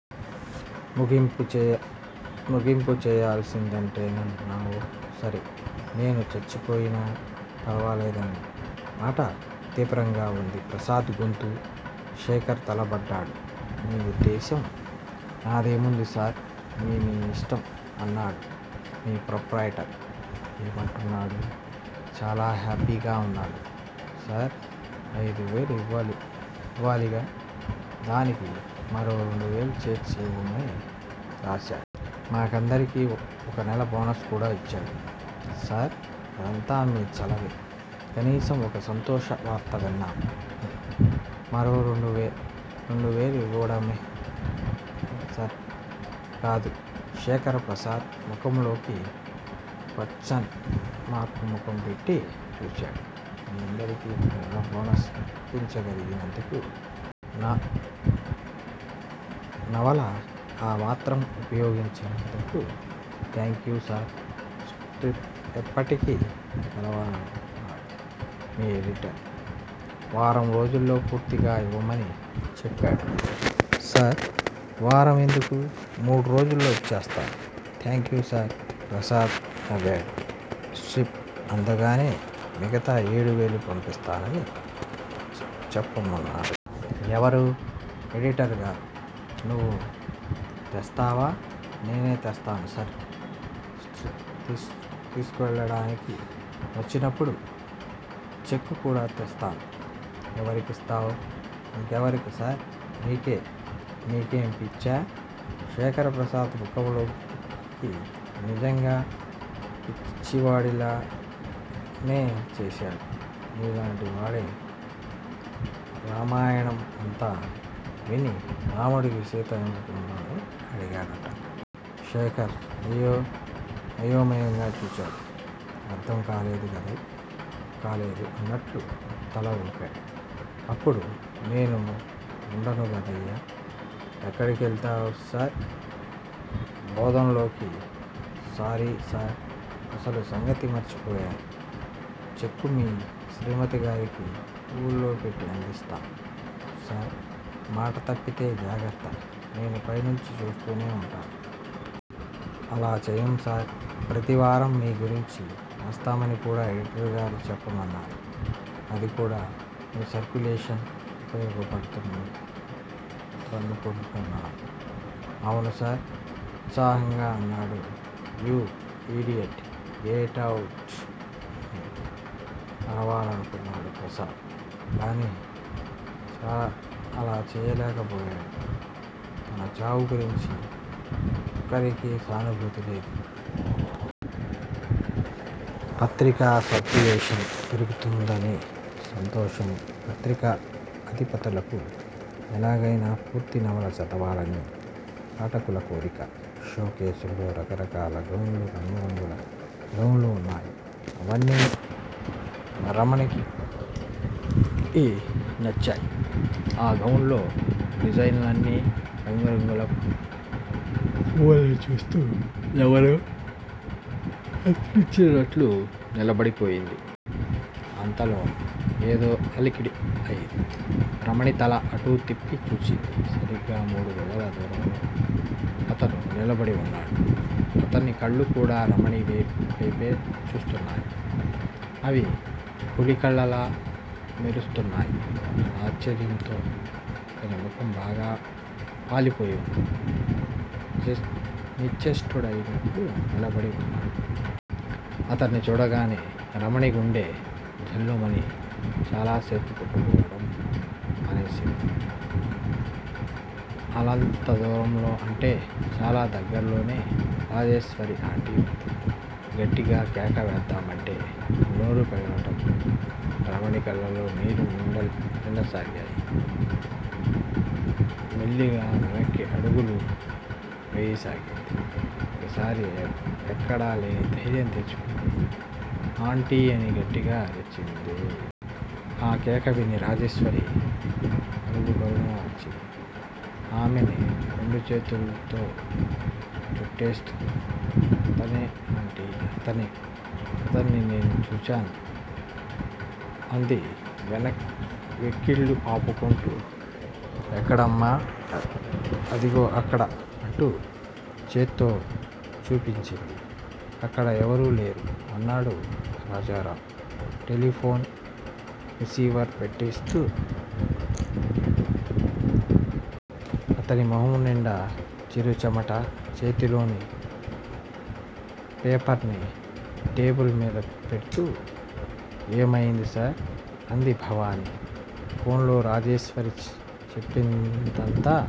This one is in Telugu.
ముగింపు చెయ్యాల్సిందేనంటున్నారు సర్! నేను చచ్చిపోయినా పర్వాలేదన్న మాట! తీవ్రంగా ఉంది ప్రసాద్ గొంతు. శేఖర్ తడబడ్డాడు. నీ ఉద్దేశ్యం? నాదేముంది సర్! మీ మీ ఇష్టం! అన్నాడు. మీ ప్రొప్రయిటర్ ఏమంటున్నాడు? చాలా హ్యాపీగా ఉన్నాడు సర్! ఐదు వేలు ఇవ్వాలిగా? దానికి మరో రెండు వేలు చేర్చి ఇవ్వమని రాశాడు. మా కందరికి ఒక నెల బోనస్ కూడా ఇచ్చాడు సర్! అదంతా మీ చలవే! కనీసం ఒక సంతోష వార్త విన్నాను. మరో రెండు వేలు ఇవ్వడమేగా సర్! కాదు. శేఖర్ ప్రసాద్ ముఖంలోకి క్వశ్చన్ మార్కు ముఖం పెట్టి చూశాడు. మీ అందరికీ ఒక నెల బోనస్ ఇప్పించగలిగినందుకు. నా నవల ఆ మాత్రం ఉపయోగించినందుకు. Thank you sir! స్క్రిప్టు ఎప్పటికి కావాలన్నాడు మీ ఎడిటర్? వారం రోజుల్లో పూర్తిగా ఇవ్వమని చెప్పాడు సర్! వారం ఎందుకూ? మూడు రోజుల్లో ఇచ్చేస్తాను. Thank you sir! ప్రసాద్ నవ్వాడు. స్క్రిప్టు అందగానే మిగతా ఏడు వేలు పంపిస్తానని చెప్పమన్నాడు సర్! ఎవరు? ఎడిటర్ గారు! నువ్వు తెస్తావా? నేనే తెస్తాను సర్! స్క్రిప్టు తీసుకెళ్ళడానికి వచ్చినప్పుడు చెక్కు కూడా తెస్తాను. ఎవరికిస్తావ్? ఇంకెవరికి సర్? మీకే! నీకేం పిచ్చా? శేఖర్ ప్రసాద్ ముఖంలోకి నిజంగా పిచ్చివాడిలాగే చూశాడు. నీలాంటివాడే రామాయణం అంతా విని రాముడికి సీత ఏమౌతుందని అడిగాడట. శేఖర్ అయోమయంగా చూశాడు. అర్థం కాలేదుగదూ? 'కాలేదు' అన్నట్టు తల ఊపాడు. అప్పుడు నేను ఉండను గదయ్యా! ఎక్కడి కెళ్తారు సర్? బొధంలోకి! Sorry sir! అసలు సంగతి మర్చిపోయాను. చెక్కు మీ శ్రీమతిగారికి పువ్వుల్లో పెట్టి అందిస్తాం సర్! మాట తప్పితే జాగ్రత్త! నేను పైనుంచి చూస్తూనే ఉంటాను. అలా చెయ్యం సార్! ప్రతి వారం మీ గురించి రాస్తామని కూడా ఎడిటర్ గారు చెప్పమన్నారు. అదికూడా మీ సర్క్యులేషన్ కు ఉపయోగపడ్తుందనుకొంటాను. అవును సర్! ఉత్సాహంగా అన్నాడు. 'You idiot! Get out! ' అని అరవాలనుకొన్నాడు ప్రసాద్. కాని అలా చెయ్యలేకపోయాడు. తన చావు గురించి ఒక్కరికీ సానుభూతి లేదు. పత్రిక సర్కులేషన్ పెరుగుతుందని సంతోషం పత్రిక అధిపతులకు. ఎలాగయినా పూర్తి నవల చదవాలని పాఠకుల కోరిక. షో కేసుల్లో రకరకాల గౌన్లు రంగు రంగుల గౌన్లు ఉన్నాయి. అవన్నీ రమణికి నచ్చాయి. ఆ గౌన్ల డిజైన్లనీ, రంగు రంగుల పువ్వుల్నీ చూస్తూ ఎవరో మంత్రించినట్లు నిలబడిపోయింది. అంతలో ఏదో అలికిడి అయింది. రమణి తల అటు తిప్పి చూసింది. సరిగ్గా మూడు గజాల దూరంలో 'అతను' నిలబడి ఉన్నాడు! అతని కళ్ళు కూడా రమణి వేపే చూస్తునాయి. అవి పులి కళ్ళలా మెరుస్తున్నాయి. ఆశ్చర్యంతో 'అతని' మొహం బాగా పాలిపోయి ఉంది. నిశ్చేష్టుడైనట్టు నిలబడి ఉన్నాడు. అతన్ని చూడగానే రమణి గుండె ఝల్లుమని చాలాసేపు కొట్టుకోవటం మానేసింది. అల్లంత దూరంలో అంటే చాలా దగ్గర్లోనే రాజేశ్వరి ఆంటీ ఉంది. గట్టిగా కేక వేద్దామంటే నోరు పెగలడం లేదు. రమణి కళ్ళలో నీళ్ళు నిండసాగాయి. మెల్లిగా వెనక్కి అడుగులు వెయ్యసాగింది. ఒక్కసారి ఎక్కడలేని ధైర్యం తెచ్చుకుని ఆంటీ అని గట్టిగా అరిచింది. ఆ కేక విని రాజేశ్వరి పరుగు పరుగున వచ్చింది. ఆమెని రెండు చేతుల్తో చుట్టేస్తూ అతనే ఆంటీ అతనే! అతన్ని నేను చూశాను! అంది వెక్కిళ్ళు ఆపుకొంటూ. ఎక్కడమ్మా? అదిగో అక్కడ! అంటూ చేత్తో చూపించింది. అక్కడ ఎవరూ లేరు! అన్నాడు రాజారామ్ టెలిఫోన్ రిసీవర్ పెట్టేస్తూ. అతని మొహం నిండా చిరు చెమట. చేతిలోని పేపర్ని టేబిలు మీద పెడ్తూ ఏమయింది సర్? అంది భవాని. ఫోన్ లో రాజేశ్వరి చెప్పినదంతా